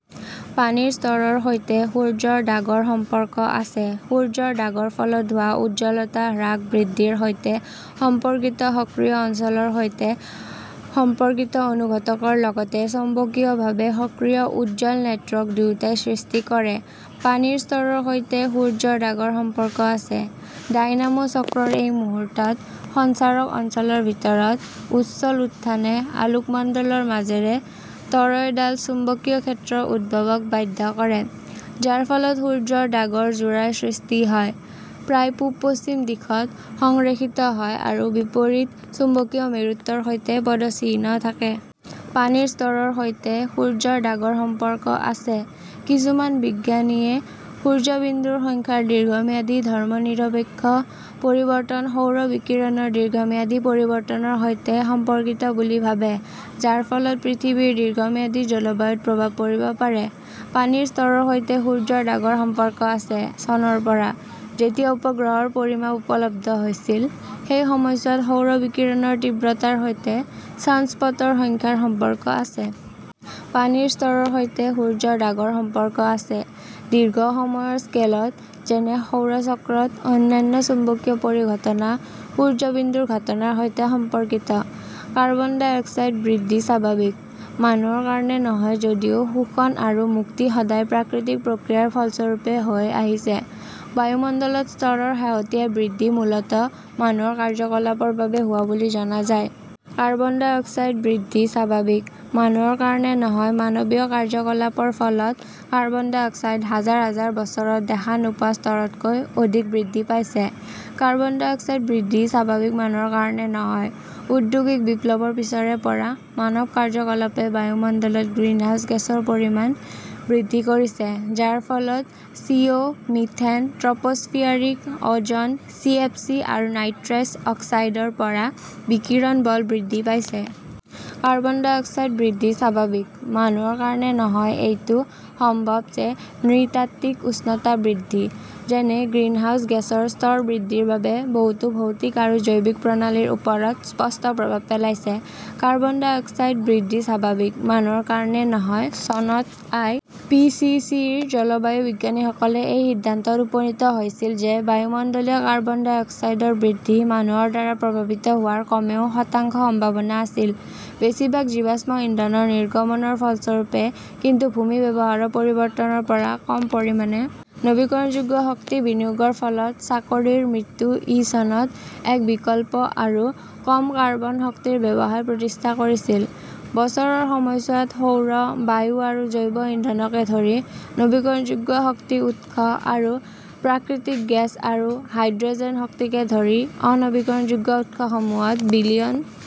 পানীৰ স্তৰৰ সৈতে সূৰ্য্যৰ দাগৰ সম্পৰ্ক আছে সূৰ্য্যৰ দাগৰ ফলত হোৱা উজ্জ্বলতা হ্ৰাস বৃদ্ধিৰ সৈতে সম্পৰ্কিত সক্ৰিয় অঞ্চলৰ সৈতে সম্পৰ্কিত অনুঘটকৰ লগতে চৌম্বকীয়ভাৱে সক্ৰিয় 'উজ্জ্বল নেটৱৰ্ক' দুয়োটাই সৃষ্টি কৰে। পানীৰ স্তৰৰ সৈতে সূৰ্য্যৰ দাগৰ সম্পৰ্ক আছে ডাইনামো চক্ৰৰ এই মুহূৰ্তত, সঞ্চাৰক অঞ্চলৰ ভিতৰত উচ্ছল উত্থানে আলোকমণ্ডলৰ মাজেৰে টৰয়ডাল চুম্বকীয় ক্ষেত্ৰৰ উদ্ভৱক বাধ্য কৰে, যাৰ ফলত সূৰ্য্যৰ দাগৰ যোৰাৰ সৃষ্টি হয়, প্ৰায় পূব-পশ্চিম দিশত সংৰেখিত হয় আৰু বিপৰীত চুম্বকীয় মেৰুত্বৰ সৈতে পদচিহ্ন থাকে। পানীৰ স্তৰৰ সৈতে সূৰ্য্যৰ দাগৰ সম্পৰ্ক আছে কিছুমান বিজ্ঞানীয়ে সূৰ্য্যবিন্দুৰ সংখ্যাৰ দীৰ্ঘম্যাদী ধৰ্মনিৰপেক্ষ পৰিৱৰ্তন সৌৰ বিকিৰণৰ দীৰ্ঘম্যাদী পৰিৱৰ্তনৰ সৈতে সম্পৰ্কিত বুলি ভাবে, যাৰ ফলত পৃথিৱীৰ দীৰ্ঘম্যাদী জলবায়ুত প্ৰভাৱ পৰিব পাৰে। পানীৰ স্তৰৰ সৈতে সূৰ্য্যৰ দাগৰ সম্পৰ্ক আছে চনৰ পৰা, যেতিয়া উপগ্ৰহৰ পৰিমাপ উপলব্ধ হৈছিল, সেই সময়ছোৱাত সৌৰ বিকিৰণৰ তীব্ৰতাৰ সৈতে ছানস্পটৰ সংখ্যাৰ সম্পৰ্ক আছে। পানীৰ স্তৰৰ সৈতে সূৰ্য্যৰ দাগৰ সম্পৰ্ক আছে দীৰ্ঘ সময়ৰ স্কেলত, যেনে সৌৰ চক্ৰত, অন্যান্য চুম্বকীয় পৰিঘটনা সূৰ্য্যবিন্দুৰ ঘটনাৰ সৈতে সম্পৰ্কিত। কাৰ্বন ডাই অক্সাইড বৃদ্ধি স্বাভাৱিক, মানুহৰ কাৰণে নহয় যদিও শোষণ আৰু মুক্তি সদায় প্ৰাকৃতিক প্ৰক্ৰিয়াৰ ফলস্বৰূপে হৈ আহিছে, বায়ুমণ্ডলত স্তৰৰ শেহতীয়া বৃদ্ধি মূলতঃ মানুহৰ কাৰ্যকলাপৰ বাবে হোৱা বুলি জনা যায়। কাৰ্বন ডাই অক্সাইড বৃদ্ধি স্বাভাৱিক, মানুহৰ কাৰণে নহয় মানৱীয় কাৰ্যকলাপৰ ফলত কাৰ্বন ডাই অক্সাইড হাজাৰ হাজাৰ বছৰত দেখা নোপোৱা স্তৰতকৈ অধিক বৃদ্ধি পাইছে। কাৰ্বন ডাই অক্সাইড বৃদ্ধি স্বাভাৱিক, মানুহৰ কাৰণে নহয় ঔদ্যোগিক বিপ্লৱৰ পিছৰে পৰা মানৱ কাৰ্যকলাপে বায়ুমণ্ডলত গ্ৰীণহাউচ গেছৰ পৰিমাণ বৃদ্ধি কৰিছে, যাৰ ফলত CO ", methane, tropospheric ozone, CFC আৰু নাইট্ৰাছ অক্সাইডৰ পৰা বিকিৰণ বল বৃদ্ধি পাইছে। কাৰ্বন ডাই অক্সাইড বৃদ্ধি স্বাভাৱিক, মানুহৰ কাৰণে নহয় এইটো সম্ভৱ যে নৃতাত্ত্বিক উষ্ণতা বৃদ্ধি, যেনে গ্ৰীণহাউচ গেছৰ স্তৰ বৃদ্ধিৰ বাবে, বহুতো ভৌতিক আৰু জৈৱিক প্ৰণালীৰ ওপৰত স্পষ্ট প্ৰভাৱ পেলাইছে। কাৰ্বন ডাই অক্সাইড বৃদ্ধি স্বাভাৱিক, মানুহৰ কাৰণে নহয় চনত আই. পি. চি. চি. -ৰ জলবায়ু বিজ্ঞানীসকলে এই সিদ্ধান্তত উপনীত হৈছিল যে বায়ুমণ্ডলীয় কাৰ্বন ডাই অক্সাইডৰ বৃদ্ধি মানুহৰ দ্বাৰা প্ৰভাৱিত হোৱাৰ কমেও শতাংশ সম্ভাৱনা আছিল, বেছিভাগ জীৱাশ্ম ইন্ধন নিৰ্গমনৰ ফলস্বৰূপে, কিন্তু ভূমি ব্যৱহাৰৰ পৰিৱৰ্তনৰ পৰা কম পৰিমাণে। নৱীকৰণযোগ্য শক্তি বিনিয়োগৰ ফলত চাকৰিৰ মৃত্যু ই চনত এক বিকল্প আৰু কম কাৰ্বন শক্তিৰ ব্যৱসায় প্ৰতিষ্ঠা কৰিছিল, বছৰৰ সময়ছোৱাত সৌৰ, বায়ু আৰু জৈৱ ইন্ধনকে ধৰি নৱীকৰণযোগ্য শক্তি উৎস, আৰু প্ৰাকৃতিক গেছ আৰু হাইড্ৰ "জেন শক্তিকে ধৰি অ-নৱীকৰণযোগ্য উৎসসমূহত বিলিয়ন